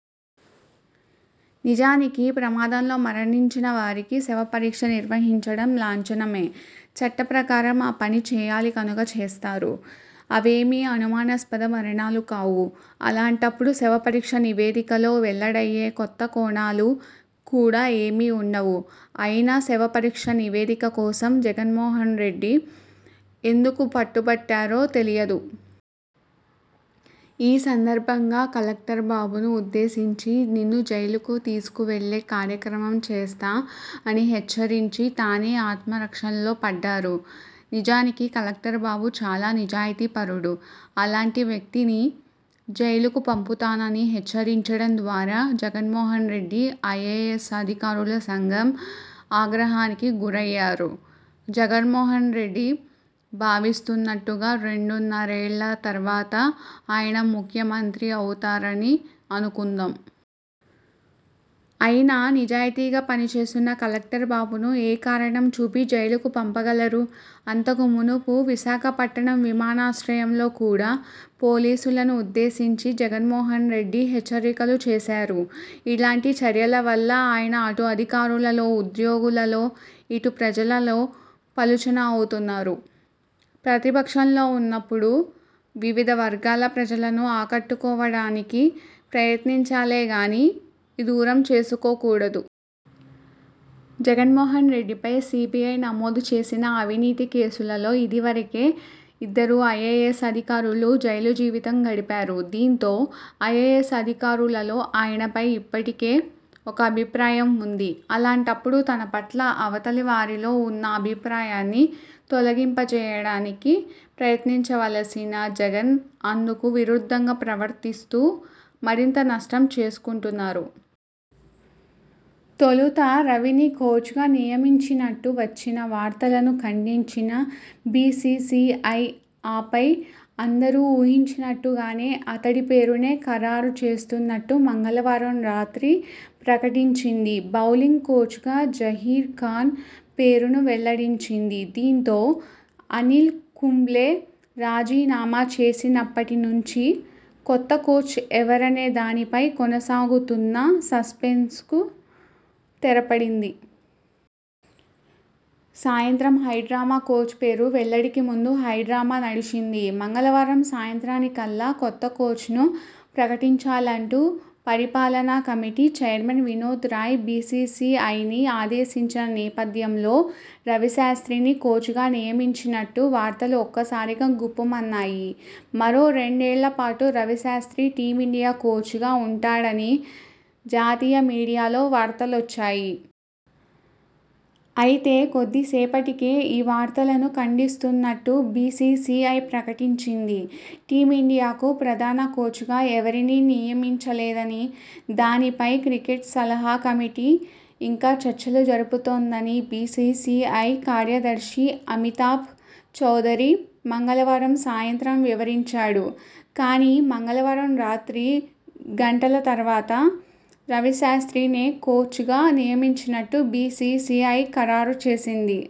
నిజానికి ప్రమాదంలో మరణించినవారికి శవ పరీక్ష నిర్వహించడం లాంఛనమే! చట్ట ప్రకారం ఆ పని చేయాలి కనుక చేస్తారు. అవేవీ అనుమానాస్పద మరణాలు కావు. అలాంటప్పుడు శవ పరీక్ష నివేదికలో వెల్లడయ్యే కొత్త కోణాలు కూడా ఏమీ ఉండవు. అయినా శవ పరీక్ష నివేదిక కోసం జగన్మోహన్రెడ్డి ఎందుకు పట్టుబట్టారో తెలియదు. ఈ సందర్భంగా కలెక్టర్ బాబును ఉద్దేశించి 'నిన్ను జైలుకు తీసుకువెళ్లే కార్యక్రమం చేస్తా' అని హెచ్చరించి తానే ఆత్మరక్షణలో పడ్డారు. నిజానికి కలెక్టర్ బాబు చాలా నిజాయితీపరుడు. అలాంటి వ్యక్తిని జైలుకు పంపుతానని హెచ్చరించడం ద్వారా జగన్మోహన్రెడ్డి ఐఏఎస్ అధికారుల సంఘం ఆగ్రహానికి గురయ్యారు. జగన్మోహన్రెడ్డి భావిస్తున్నట్టుగా రెండున్నరేళ్ల తర్వాత ఆయన ముఖ్యమంత్రి అవుతారని అనుకుందాం! అయినా నిజాయితీగా పనిచేస్తున్న కలెక్టర్ బాబును ఏ కారణం చూపి జైలుకు పంపగలరు? అంతకు మునుపు విశాఖపట్టణం విమానాశ్రయంలో కూడా పోలీసులను ఉద్దేశించి జగన్మోహన్రెడ్డి హెచ్చరికలు చేశారు. ఇలాంటి చర్యల వల్ల ఆయన అటు అధికారులలో, ఉద్యోగులలో, ఇటు ప్రజలలో పలుచన అవుతున్నారు. ప్రతిపక్షంలో ఉన్నప్పుడు వివిధ వర్గాల ప్రజలను ఆకట్టుకోవడానికి ప్రయత్నించాలే గానీ దూరం చేసుకోకూడదు. జగన్మోహన్రెడ్డిపై సీబీఐ నమోదుచేసిన అవినీతి కేసులలో ఇదివరకే ఇద్దరు ఐఏఎస్ అధికారులు జైలు జీవితం గడిపారు. దీంతో ఐఏఎస్ అధికారులలో ఆయనపై ఇప్పటికే ఒక అభిప్రాయం ఉంది. అలాంటప్పుడు తనపట్ల అవతలి వారిలో ఉన్న అభిప్రాయాన్ని తొలగింపజేయడానికి ప్రయత్నించవలసిన జగన్ అందుకు విరుద్ధంగా ప్రవర్తిస్తూ మరింత నష్టం చేసుకుంటున్నారు. తొలుత రవిని కోచ్గా నియమించినట్టు వచ్చిన వార్తలను ఖండించిన బీసీసీఐ ఆపై అందరూ ఊహించినట్టుగానే అతడి పేరునే ఖరారు చేస్తున్నట్టు మంగళవారం రాత్రి ప్రకటించింది. బౌలింగ్ కోచ్గా జహీర్ ఖాన్ పేరును వెల్లడించింది. దీంతో అనిల్ కుంబ్లే రాజీనామా చేసినప్పటి నుంచి కొత్త కోచ్ ఎవరనే దానిపై కొనసాగుతున్న సస్పెన్స్కు తెరపడింది. సాయంత్రం హై డ్రామా కోచ్ పేరు వెల్లడికి ముందు హైడ్రామా నడిచింది. మంగళ వారం సాయంత్రానికల్లా కొత్త కోచ్ను ప్రకటించాలంటూ పరిపాలనా కమిటీ చైర్మన్ వినోద్ రాయ్ బీసీసీఐని ఆదేశించిన నేపథ్యంలో రవిశాస్ర్తిని కోచ్గా నియమించినట్టు వార్తలు ఒక్క సారిగా గుప్పుమన్నాయి. మరో రెండేళ్లపాటు రవిశాస్ర్తి టీమిం డియా కోచ్గా ఉంటాడని జాతీయ మీడియాలో వార్తలొచ్చాయి. అయితే కొద్దిసేపటికే ఈ వార్తలను ఖండిస్తున్నట్టు బీసీసీఐ ప్రకటించింది. టీమిండియాకు ప్రధాన కోచ్గా ఎవరినీ నియమిం చలేదని, దానిపై క్రికెట్ సలహా కమిటీ ఇంకా చర్చలు జరుపుతోందని బీసీసీఐ కార్యదర్శి అమితాబ్ చౌదరి మంగళ వారం సాయంత్రం వివరించాడు. కానీ మంగళవారం రాత్రి గంటల తర్వాత రవిశాస్ర్తినే కోచ్గా నియమించినట్టు బీసీసీఐ ఖరారు చేసింది.